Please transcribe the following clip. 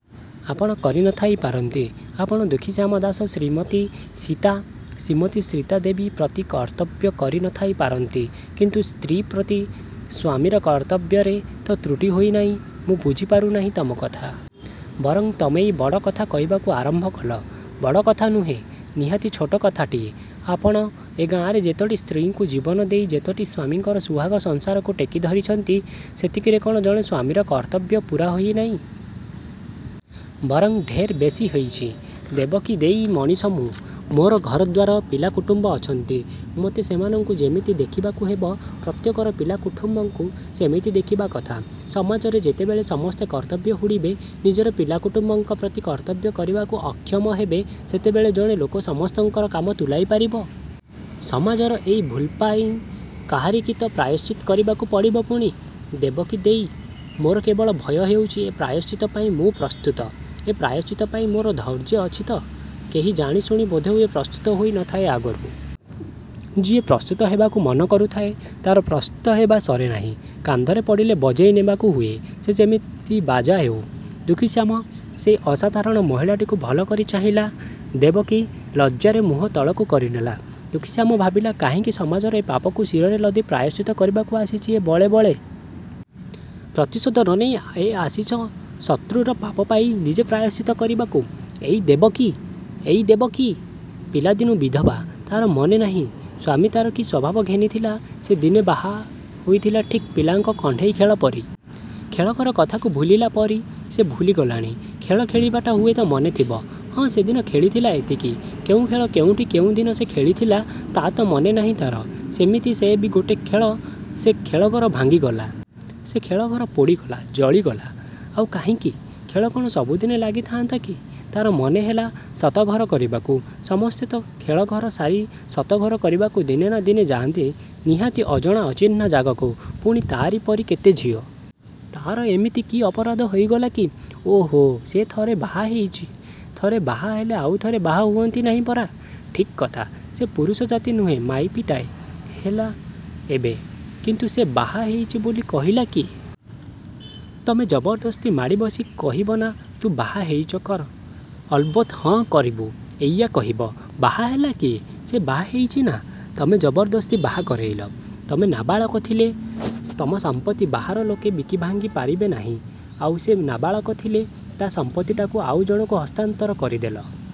'ଆପଣ କରି ନ ଥାଇ ପାରନ୍ତି। ଆପଣ ଦୁଃଖୀଶ୍ୟାମ ଦାଶ ଶ୍ରୀମତୀ ସୀତା ''ଶ୍ରୀମତି ସୀତା ଦେବୀ ପ୍ରତି କର୍ତ୍ତବ୍ୟ କରି ନ ଥାଇ ପାରନ୍ତି, କିନ୍ତୁ ସ୍ତ୍ରୀ ପ୍ରତି ସ୍ୱାମୀର କର୍ତ୍ତବ୍ୟରେ ତ ତ୍ରୁଟି ହେଇନାହିଁ। '' ''ମୁଁ ବୁଝିପାରୁ ନାହିଁ ତମ କଥା। ବରଂ ତମେଇ ବଡ଼ କଥା କହିବାକୁ ଆରମ୍ଭ କଲ। '' ''ବଡ଼ କଥା ନୁହେଁ। ନିହାତି ଛୋଟ କଥାଟିଏ। ଆପଣ ଏ ଗାଁରେ ଯେତୋଟି ସ୍ତ୍ରୀଙ୍କୁ ଜୀବନ ଦେଇ ଯେତୋଟି ସ୍ୱାମୀଙ୍କର ସୁହାଗ ସଂସାରକୁ ଟେକି ଧରିଛନ୍ତି, ସେତିକିରେ କ'ଣ ଜଣେ ସ୍ୱାମୀର କର୍ତ୍ତବ୍ୟ ପୂରା ହେଇ ନାହିଁ। ବରଂ ଢେର୍ ବେଶି ହେଇଚି। '' ''ଦେବକୀ ଦେଈ, ମଣିଷ ମୁଁ, ମୋର ଘରଦ୍ୱାର, ପିଲା କୁଟୁମ୍ୱ ଅଛନ୍ତି। ମୋତେ ସେମାନଙ୍କୁ ଯେମିତି ଦେଖିବାକୁ ହେବ, ପ୍ରତ୍ୟେକର ପିଲା କୁଠୁମ୍ୱଙ୍କୁ ସେମିତି ଦେଖିବା କଥା। ସମାଜରେ ଯେତେବେଳେ ସମସ୍ତେ କର୍ତ୍ତବ୍ୟ ହୁଡ଼ିବେ ନିଜର ପିଲା କୁଟୁମ୍ୱଙ୍କ ପ୍ରତି କର୍ତ୍ତବ୍ୟ କରିବାକୁ ଅକ୍ଷମ ହେବେ ସେତେବେଳେ ଜଣେ ଲୋକ ସମସ୍ତଙ୍କର କାମ ତୁଲାଇ ପାରିବ? '' ''ସମାଜର ଏଇ ଭୁଲ୍ପାଇଁ କାହାରିକି ତ ପ୍ରାୟଶ୍ଚିତ୍ତ କରିବାକୁ ପଡ଼ିବ ପୁଣି? '' ''ଦେବକୀ ଦେଈ, ମୋର କେବଳ ଭୟ ହେଉଚି ଏ ପ୍ରାୟଶ୍ଚିତ୍ତ ପାଇଁ ମୁଁ ପ୍ରସ୍ତୁତ। ଏ ପ୍ରାୟଶ୍ଚିତ୍ତ ପାଇଁ ମୋର ଧୈର୍ଯ୍ୟ ଅଛି ତ? '' ''କେହି ଜାଣିଶୁଣି ବୋଧହୁଏ ପ୍ରସ୍ତୁତ ହୋଇ ନ ଥାଏ ଆଗରୁ। ଯିଏ ପ୍ରସ୍ତୁତ ହେବାକୁ ମନ କରୁଥାଏ, ତା'ର ପ୍ରସ୍ତୁତ ହେବା ସରେ ନାହିଁ। କାନ୍ଧରେ ପଡ଼ିଲେ ବଜେଇ ନେବାକୁ ହୁଏ ସେ ଯେମିତି ବାଜା ହେଉ। '' ଦୁଃଖୀଶ୍ୟାମ ସେଇ ଅସାଧାରଣ ମହିଳାଟିକୁ ଭଲ କରି ଚାହିଁଲା। ଦେବକୀ ଲଜ୍ଜାରେ ମୁହଁ ତଳକୁ କରିନେଲା। ଦୁଃଖୀଶ୍ୟାମ ଭାବିଲା କାହିଁକି ସମାଜର ଏ ପାପକୁ ଶିରରେ ଲଦି ପ୍ରାୟଶ୍ଚିତ୍ତ କରିବାକୁ ଆସିଛି ଏ ବଳେ ବଳେ! ପ୍ରତିଶୋଧ ନ ନେଇ ଏ ଆସିଛ ଶତ୍ରୁର ପାପ ପାଇ ନିଜେ ପ୍ରାୟଶ୍ଚିତ୍ତ କରିବାକୁ? ଏଇ ଦେବକୀ? ଏଇ ଦେବକୀ। ପିଲାଦିନୁ ବିଧବା। ତା'ର ମନେ ନାହିଁ, ସ୍ୱାମୀ ତା'ର କି ସ୍ୱଭାବ ଘେନିଥିଲା ସେ ଦିନେ ବାହା ହୋଇଥିଲା ଠିକ୍ ପିଲାଙ୍କ କଣ୍ଢେଇ ଖେଳ ପରି। ଖେଳଘର କଥାକୁ ଭୁଲିଲା ପରି ସେ ଭୁଲି ଗଲାଣି। ଖେଳ ଖେଳିବାଟା ହୁଏତ ମନେଥିବ। ହଁ ସେ ଦିନେ ଖେଳିଥିଲା ଏତିକି। କେଉଁ ଖେଳ, କେଉଁଠି କେଉଁଦିନ ସେ ଖେଳିଥିଲା, ତା' ତ ମନେ ନାହିଁ ତା'ର-। ସେମିତି ସେ ବି ଗୋଟେ ଖେଳ। ସେ ଖେଳଘର ଭାଙ୍ଗିଗଲା। ସେ ଖେଳଘର ପୋଡ଼ିଗଲା–ଜଳିଗଲା। ଆଉ କାହିଁକି? ଖେଳ କ'ଣ ସବୁଦିନେ ଲାଗି ଥାଆନ୍ତା କି? ତା'ର ମନେ ହେଲା ସତ ଘର କରିବାକୁ। ସମସ୍ତେ ତ ଦିନେ ଖେଳଘର ସାରି ସତ ଘର କରିବାକୁ ଦିନେ ନା ଦିନେ ଯାଆନ୍ତି ନିହାତି ଅଜଣା ଅଚିହ୍ନା ଜାଗାକୁ ପୁଣି ତା'ରି ପରି କେତେ ଝିଏ। ତା'ର ଏମିତି କି ଅପରାଧ ହେଇଗଲା କି? ଓଃ ସେ ଥରେ ବାହା ହେଇଚି। ଥରେ ବାହା ହେଲେ ଆଉ ଥରେ ବାହା ହୁଅନ୍ତି ନାହିଁ ପରା! ଠିକ୍ କଥା। ସେ ପୁରୁଷ ଜାତି ନୁହେଁ ମାଇପିଟାଏ। ହେଲା ଏବେ। କିନ୍ତୁ ସେ ବାହା ହେଇଚି ବୋଲି କହିଲା କିଏ? ତମେ ଜବରଦସ୍ତି ମାଡ଼ି ବସି କହିବନା ତୁ ବାହା ହେଇଚ କର ଅଲବତ୍ ହଁ କରିବୁ ଏଇୟା କହିବ? ବାହା ହେଲା କିଏ? ସେ ବାହା ହେଇଚି ନା, ତମେ ଜବରଦସ୍ତି ବାହା କରେଇଲ? ତମେ ନାବାଳକ ଥିଲେ ତମ ସମ୍ପତ୍ତି ବାହାର ଲୋକେ ବିକି ଭାଙ୍ଗି ପାରିବେ ନାହିଁ, ଆଉ ସେ ନାବାଳକ ଥିଲେ ତା' ସମ୍ପତ୍ତିଟାକୁ ଆଉ ଜଣକୁ ହସ୍ତାନ୍ତର କରିଦେଲ?